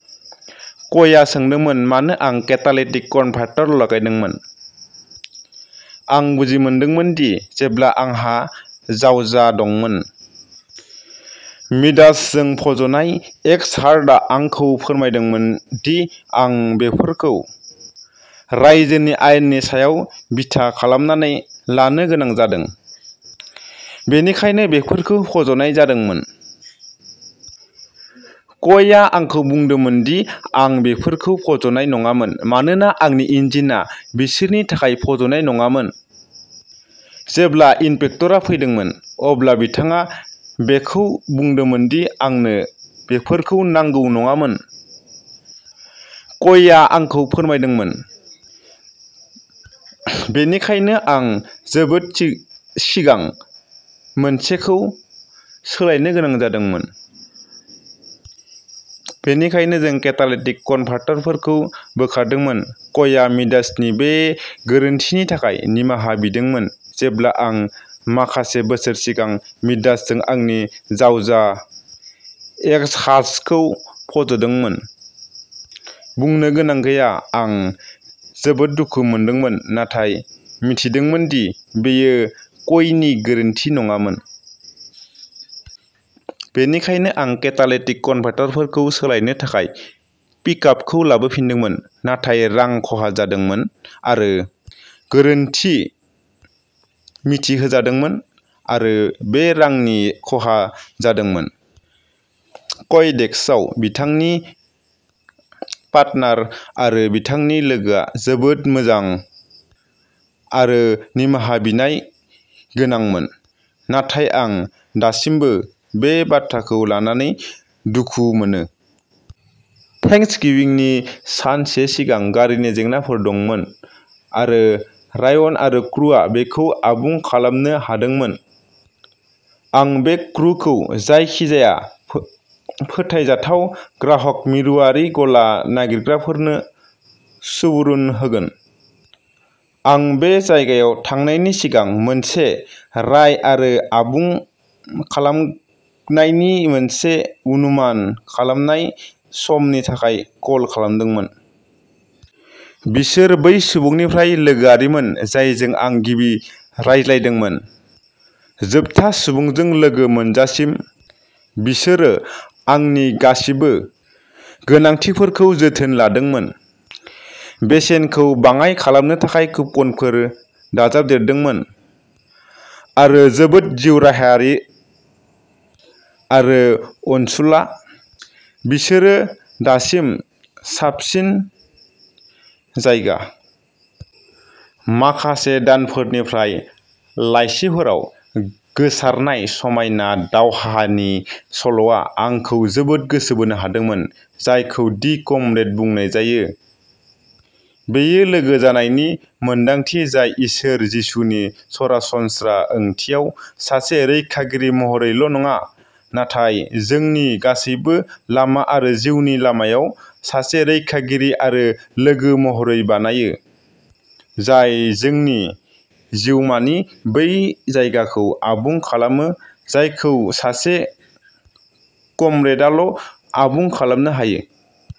कयआ सोंदोंमोन मानो आं केटालिटिक कनभार्टर लागायदोंमोन? आं बुजिमोदोंमोन दि जेब्ला आंहा जावजा दंमोन। मिडास जों फज'नाय एक्सहास्टआ आंखौ फोरमायदोंमोन दि आं बेफोरखौ रायजोनि आयेननि सायाव बिथा खालामनानै लानो गोनां जादों, बेनिखायनो बेफोरखौ फज'नाय जादोंमोन। कयआ आंखौ फोरमायदोंमोन दि आं बेफोरखौ फज'नाय नाङामोन मानोना आंनि इन्जिनआ बिसोरनि थाखाय फज'नाय नङामोन। जेब्ला इन्सपेक्टरआ फैदोंमोन, अब्ला बिथाङा बेखौबो बुंदोंमोन दि आंनो बेफोरखौ नांगौ नङामोन। कयआ आंखौ फोरमायदोंमोन, बेनिखायनो आं जोबोद सिगां मोनसेखौ सोलायनो गोनां जादोंमोन। बेनिखायनो, जों केटालिटिक कनभार्टरफोरखौ बोखारदोंमोन। कयआ मिडासनि बे गोरोन्थिनि थाखाय निमाहा बिदोंमोन जेब्ला आं माखासे बोसोर सिगां मिडासजों आंनि जावजा एक्सहास्टखौ फज'दोंमोन। बुंनो गोनां गैया, आं जोबोद दुखु मोनदोंमोन नाथाय मिथिदोंमोन दि बेयो कयनि गोरोन्थि नङामोन। बेनिखायनो, आं केटालिटिक कनभार्टरफोरखौ सोलायनो थाखाय पिकआपखौ लाबोफिननांदोंमोन, नाथाय रां खहा जादोंमोन आरो गोरोन्थि मिथिहोजादोंमोन आरो बे रांनि खहा जादोंमोन। कय डेस्कआव बिथांनि पार्टनार आरो बिथांनि लोगोआ जोबोद मोजां आरो निमाहा बिनाय गोनांमोन, नाथाय आं दासिमबो बे बाथ्राखौ लानानै दुखु मोनो। थेंक्सगिविंनि सानसे सिगां गारिनि जेंनाफोर दंमोन आरो रायन आरो क्रुआ बेखौ आबुं खालामनो हादोंमोन। आं बे क्रुखौ जायखिजाया फोथायजाथाव ग्राहक मिरुआरि गला नागिरग्राफोरनो सुबुरुन होगोन! आं बे जायगायाव थांनायनि सिगां मोनसे राय आरो आबुं खालामनायनि मोनसे अनुमान खालामनाय समनि थाखाय कल खालामदोंमोन। बिसोर बै सुबुंनिफ्राय लोगोआरिमोन जायजों आं गिबि रायज्लायदोंमोन, जोबथा सुबुंजों लोगो मोनजासिम। बिसोरो आंनि गासिबो गोनांथिफोरखौ जोथोन लादोंमोन, बेसेनखौ बाङाइ खालामनो थाखाय कुपनफोर दाजाबदेरदोंमोन, आरो जोबोद जिउराहायारि आरो अनसुला। बिसोरो दासिम साबसिन जायगा। माखासे दानफोरनिफ्राय लाइसिफोराव गोसारनाय समायना दावहानि सल'आ आंखौ जोबोद गोसो बोनो हादोंमोन, जायखौ "दि कमरेड" बुंनाय जायो। बेयो लोगो जानायनि मोन्दांथि जाय इसोर जिसुखौ सरासनस्रा ओंथियाव सासे रैखागिरि महरैल'नङा, नाथाय जोंनि गासैबो लामा आरो जिउनि लामायाव सासे रैखागिरि आरो लोगो महरै बानायो, जाय जोंनि जिउमानि बै जायगाखौ आबुं खालामो जायखौ सासे कमरेडआल'आबुं खालामनो हायो।